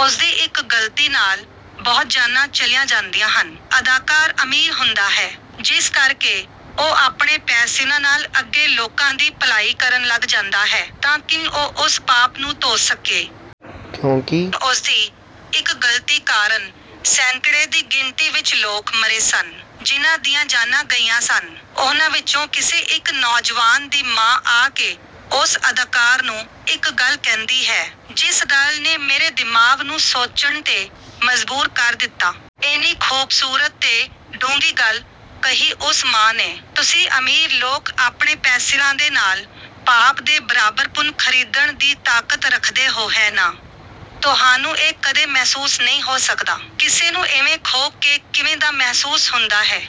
ਉਸਦੀ ਇੱਕ ਗਲਤੀ ਨਾਲ ਬਹੁਤ ਜਾਨਾਂ ਚਲੀਆਂ ਜਾਂਦੀਆਂ ਹਨ। ਅਦਾਕਾਰ ਅਮੀਰ ਹੁੰਦਾ ਹੈ, ਜਿਸ ਕਰਕੇ ਉਹ ਆਪਣੇ ਪੈਸਿਆਂ ਨਾਲ ਅੱਗੇ ਲੋਕਾਂ ਦੀ ਭਲਾਈ ਕਰਨ ਲੱਗ ਜਾਂਦਾ ਹੈ, ਤਾਂ ਕਿ ਉਹ ਉਸ ਪਾਪ ਨੂੰ ਧੋ ਸਕੇ। ਕਿਉਂਕਿ ਉਸਦੀ ਇੱਕ ਗਲਤੀ ਕਾਰਨ ਸੈਂਕੜੇ ਦੀ ਗਿਣਤੀ ਵਿੱਚ ਲੋਕ ਮਰੇ ਸਨ। ਜਿਨ੍ਹਾਂ ਦੀਆਂ ਜਾਨਾਂ ਗਈਆਂ ਸਨ, ਉਹਨਾਂ ਵਿੱਚੋਂ ਕਿਸੇ ਇੱਕ ਨੌਜਵਾਨ ਦੀ ਮਾਂ ਆ ਕੇ ਉਸ ਅਦਾਕਾਰ ਨੂੰ ਇੱਕ ਗੱਲ ਕਹਿੰਦੀ ਹੈ, ਜਿਸ ਗੱਲ ਨੇ ਮੇਰੇ ਦਿਮਾਗ ਨੂੰ ਸੋਚਣ ਤੇ ਮਜਬੂਰ ਕਰ ਦਿੱਤਾ। ਏਨੀ ਖੂਬਸੂਰਤ ਤੇ ਡੂੰਘੀ ਗੱਲ ਕਹੀ ਉਸ ਮਾਂ ਨੇ, "ਤੁਸੀਂ ਅਮੀਰ ਲੋਕ ਆਪਣੇ ਪੈਸਿਆਂ ਦੇ ਨਾਲ ਪਾਪ ਦੇ ਬਰਾਬਰ ਪੁੰਨ ਖਰੀਦਣ ਦੀ ਤਾਕਤ ਰੱਖਦੇ ਹੋ, ਹੈ ਨਾ? ਤੁਹਾਨੂੰ ਇਹ ਕਦੇ ਮਹਿਸੂਸ ਨਹੀਂ ਹੋ ਸਕਦਾ, ਕਿਸੇ ਨੂੰ ਏਵੇਂ ਖੋ ਕੇ ਕਿਵੇਂ ਦਾ ਮਹਿਸੂਸ ਹੁੰਦਾ ਹੈ।"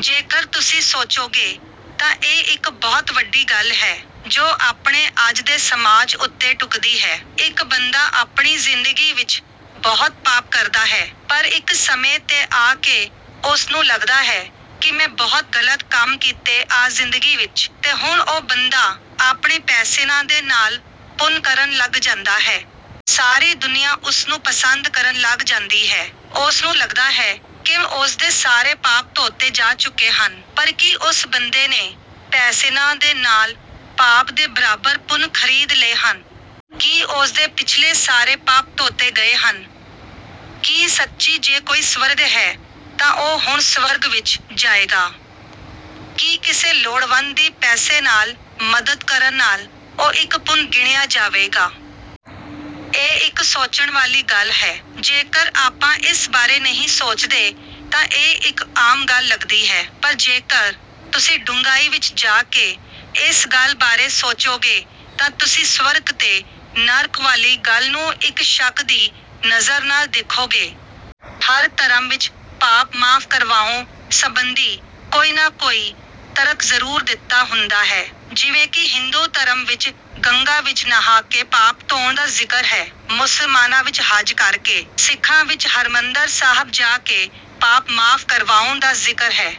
ਜੇਕਰ ਤੁਸੀਂ ਸੋਚੋਗੇ ਤਾਂ ਇਹ ਇੱਕ ਬਹੁਤ ਵੱਡੀ ਗੱਲ ਹੈ, ਜੋ ਆਪਣੇ ਅੱਜ ਦੇ ਸਮਾਜ ਉੱਤੇ ਢੁੱਕਦੀ ਹੈ। ਇੱਕ ਬੰਦਾ ਆਪਣੀ ਜ਼ਿੰਦਗੀ ਵਿੱਚ ਬਹੁਤ ਪਾਪ ਕਰਦਾ ਹੈ, ਪਰ ਇੱਕ ਸਮੇਂ ਤੇ ਆ ਕੇ ਉਸਨੂੰ ਲੱਗਦਾ ਹੈ ਕਿ ਮੈਂ ਬਹੁਤ ਗਲਤ ਕੰਮ ਕੀਤੇ ਆ ਜ਼ਿੰਦਗੀ ਵਿੱਚ, ਤੇ ਹੁਣ ਉਹ ਬੰਦਾ ਆਪਣੇ ਪੈਸਿਆਂ ਦੇ ਨਾਲ ਪੁੰਨ ਕਰਨ ਲੱਗ ਜਾਂਦਾ ਹੈ। ਸਾਰੀ ਦੁਨੀਆਂ ਉਸਨੂੰ ਪਸੰਦ ਕਰਨ ਲੱਗ ਜਾਂਦੀ ਹੈ। ਉਸਨੂੰ ਲੱਗਦਾ ਹੈ ਕਿ ਉਸਦੇ ਸਾਰੇ ਪਾਪ ਧੋਤੇ ਜਾ ਚੁੱਕੇ ਹਨ। ਪਰ ਕੀ ਉਸ ਬੰਦੇ ਨੇ ਪੈਸਿਆਂ ਦੇ ਨਾਲ ਪਾਪ ਦੇ ਬਰਾਬਰ ਪੁੰਨ ਖਰੀਦ ਲਏ ਹਨ? ਕੀ ਉਸਦੇ ਪਿਛਲੇ ਸਾਰੇ ਪਾਪ ਧੋਤੇ ਗਏ ਹਨ? ਕੀ ਸੱਚੀ ਜੇ ਕੋਈ ਸਵਰਗ ਹੈ ਤਾਂ ਉਹ ਹੁਣ ਸਵਰਗ ਵਿੱਚ ਜਾਏਗਾ? ਕੀ ਕਿਸੇ ਲੋੜਵੰਦ ਦੀ ਪੈਸੇ ਨਾਲ ਮਦਦ ਕਰਨ ਨਾਲ ਉਹ ਇੱਕ ਪੁੰਨ ਗਿਣਿਆ ਜਾਵੇਗਾ? ਇਹ ਇੱਕ ਸੋਚਣ ਵਾਲੀ ਗੱਲ ਹੈ। ਜੇਕਰ ਆਪਾਂ ਇਸ ਬਾਰੇ ਨਹੀਂ ਸੋਚਦੇ ਤਾਂ ਇਹ ਇੱਕ ਆਮ ਗੱਲ ਲੱਗਦੀ ਹੈ, ਪਰ ਜੇਕਰ ਤੁਸੀਂ ਡੂੰਘਾਈ ਵਿੱਚ ਜਾ ਕੇ ਇਸ ਗੱਲ ਬਾਰੇ ਸੋਚੋਗੇ ਤਾਂ ਤੁਸੀਂ ਸਵਰਗ ਤੇ ਨਰਕ ਵਾਲੀ ਗੱਲ ਨੂੰ ਇੱਕ ਸ਼ੱਕ ਦੀ ਨਜ਼ਰ ਨਾਲ ਦੇਖੋਗੇ। ਹਰ ਧਰਮ ਵਿੱਚ ਪਾਪ ਮਾਫ਼ ਕਰਵਾਉਣ ਸਬੰਧੀ ਕੋਈ ਨਾ ਕੋਈ ਤਰਕ ਜ਼ਰੂਰ ਦਿੱਤਾ ਹੁੰਦਾ ਹੈ। ਜਿਵੇਂ ਕਿ ਹਿੰਦੂ ਧਰਮ ਵਿੱਚ ਗੰਗਾ ਵਿੱਚ ਨਹਾ ਕੇ ਪਾਪ ਧੋਣ ਦਾ ਜ਼ਿਕਰ ਹੈ, ਮੁਸਲਮਾਨਾਂ ਵਿੱਚ ਹੱਜ ਕਰਕੇ, ਸਿੱਖਾਂ ਵਿੱਚ ਹਰਿਮੰਦਰ ਸਾਹਿਬ ਜਾ ਕੇ ਪਾਪ ਮਾਫ਼ ਕਰਵਾਉਣ ਦਾ ਜ਼ਿਕਰ ਹੈ।